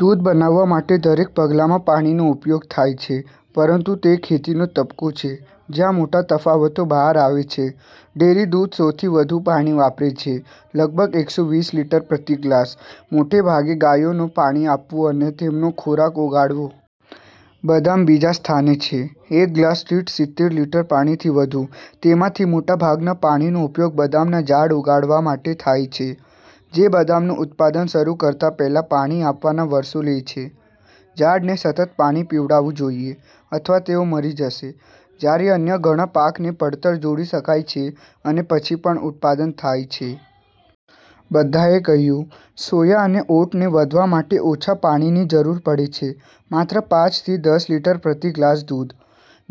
દૂધ બનાવવા માટે દરેક પગલામાં પાણીનો ઉપયોગ થાય છે, પરંતુ તે ખેતીનો તબક્કો છે જ્યાં મોટા તફાવતો બહાર આવે છે. ડેરી દૂધ સૌથી વધુ પાણી વાપરે છે- લગભગ એકસો વીસ લિટર પ્રતિ ગ્લાસ, મોટે ભાગે ગાયોને પાણી આપવું અને તેમનો ખોરાક ઉગાડવો. બદામ બીજા સ્થાને છે, એક ગ્લાસ દીઠ સિત્તેર લિટર પાણીથી વધુ. તેમાંથી મોટાભાગના પાણીનો ઉપયોગ બદામના ઝાડ ઉગાડવા માટે થાય છે. જે બદામનું ઉત્પાદન શરૂ કરતા પહેલા પાણી આપવાના વર્ષો લે છે. ઝાડને સતત પાણી પીવડાવવું જોઈએ, અથવા તેઓ મરી જશે, જ્યારે અન્ય ઘણા પાકને પડતર છોડી શકાય છે અને પછી પણ ઉત્પાદન થાય છે. બધાએ કહ્યું, સોયા અને ઓટને વધવા માટે ઓછા પાણીની જરૂર પડે છે: માત્ર પાંચ થી દસ લિટર પ્રતિ ગ્લાસ દૂધ.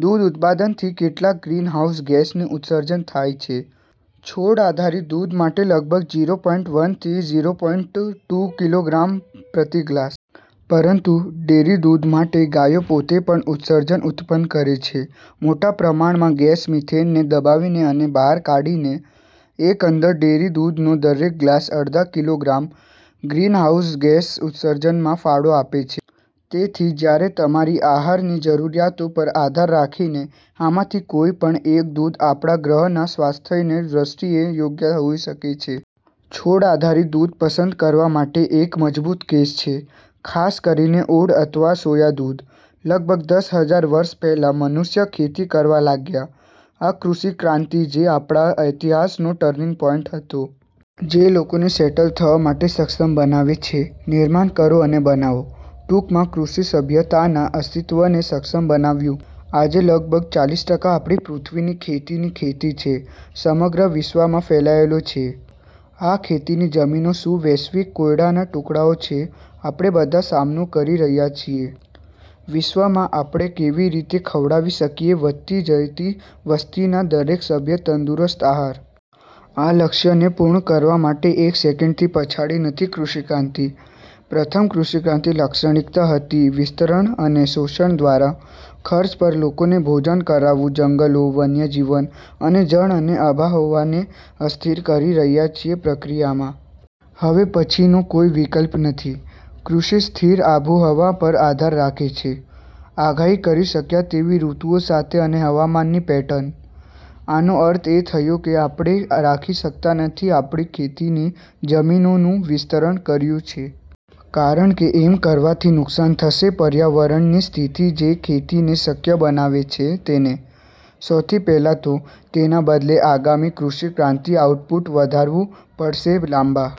દૂધ ઉત્પાદનથી કેટલાક ગ્રીનહાઉસ ગેસનું ઉત્સર્જન થાય છે- છોડ આધારિત દૂધ માટે લગભગ ઝીરો પોઈન્ટ વન થી ઝીરો પોઈન્ટ ટુ કિલોગ્રામ પ્રતિ ગ્લાસ. પરંતુ ડેરી દૂધ માટે, ગાયો પોતે પણ ઉત્સર્જન ઉત્પન્ન કરે છે મોટા પ્રમાણમાં ગેસ મિથેનને દબાવીને અને બહાર કાઢીને. એકંદરે, ડેરી દૂધનો દરેક ગ્લાસ અડધા કિલોગ્રામ ગ્રીનહાઉસ ગેસ ઉત્સર્જનમાં ફાળો આપે છે. તેથી જ્યારે તમારી આહારની જરૂરિયાતો પર આધાર રાખીને, આમાંથી કોઈપણ એક દૂધ આપણા ગ્રહના સ્વાસ્થ્યની દ્રષ્ટિએ યોગ્ય હોઈ શકે છે. છોડ આધારિત દૂધ પસંદ કરવા માટે એક મજબૂત કેસ છે, ખાસ કરીને ઓટ અથવા સોયા દૂધ. લગભગ દસ હજાર વર્ષ પહેલાં, મનુષ્યો ખેતી કરવા લાગ્યા. આ કૃષિ ક્રાંતિ જે આપણા ઇતિહાસનો ટર્નિંગ પોઇન્ટ હતો. જે લોકોને સેટલ થવા માટે સક્ષમ બનાવે છે, નિર્માણ કરો અને બનાવો. ટૂંકમાં, કૃષિ સભ્યતાના અસ્તિત્વને સક્ષમ બનાવ્યું. આજે, લગભગ ચાલીસ ટકા આપણી પૃથ્વીની ખેતીની ખેતી છે. સમગ્ર વિશ્વમાં ફેલાયેલો છે. આ ખેતીની જમીનો શું વૈશ્વિક કોયડાના ટુકડાઓ છે આપણે બધા સામનો કરી રહ્યા છીએ: ભવિષ્યમાં, આપણે કેવી રીતે ખવડાવી શકીએ વધતી જતી વસ્તીના દરેક સભ્ય તંદુરસ્ત આહાર? આ લક્ષ્યને પૂર્ણ કરવા માટે એક સેકન્ડથી પાછળ નથી કૃષિ ક્રાંતિ. પ્રથમ કૃષિ ક્રાંતિ લાક્ષણિકતા હતી વિસ્તરણ અને શોષણ દ્વારા, ખર્ચ પર લોકોને ભોજન કરાવવું જંગલો, વન્યજીવન અને જળ અને આબોહવાને અસ્થિર કરી રહ્યા છે પ્રક્રિયામાં. હવે પછીનો કોઈ વિકલ્પ નથી. કૃષિ સ્થિર આબોહવા પર આધાર રાખે છે. આગાહી કરી શકાય તેવી ઋતુઓ સાથે અને હવામાનની પેટર્ન. આનો અર્થ એ થયો કે આપણે રાખી શકતા નથી આપણી ખેતીની જમીનોનું વિસ્તરણ કર્યું છે. કારણ કે આમ કરવાથી નુકસાન થશે પર્યાવરણની સ્થિતિ જે ખેતીને શક્ય બનાવે છે તેને, સૌથી પહેલાં તો. તેના બદલે, આગામી કૃષિ ક્રાંતિ આઉટપુટ વધારવું પડશે લાંબા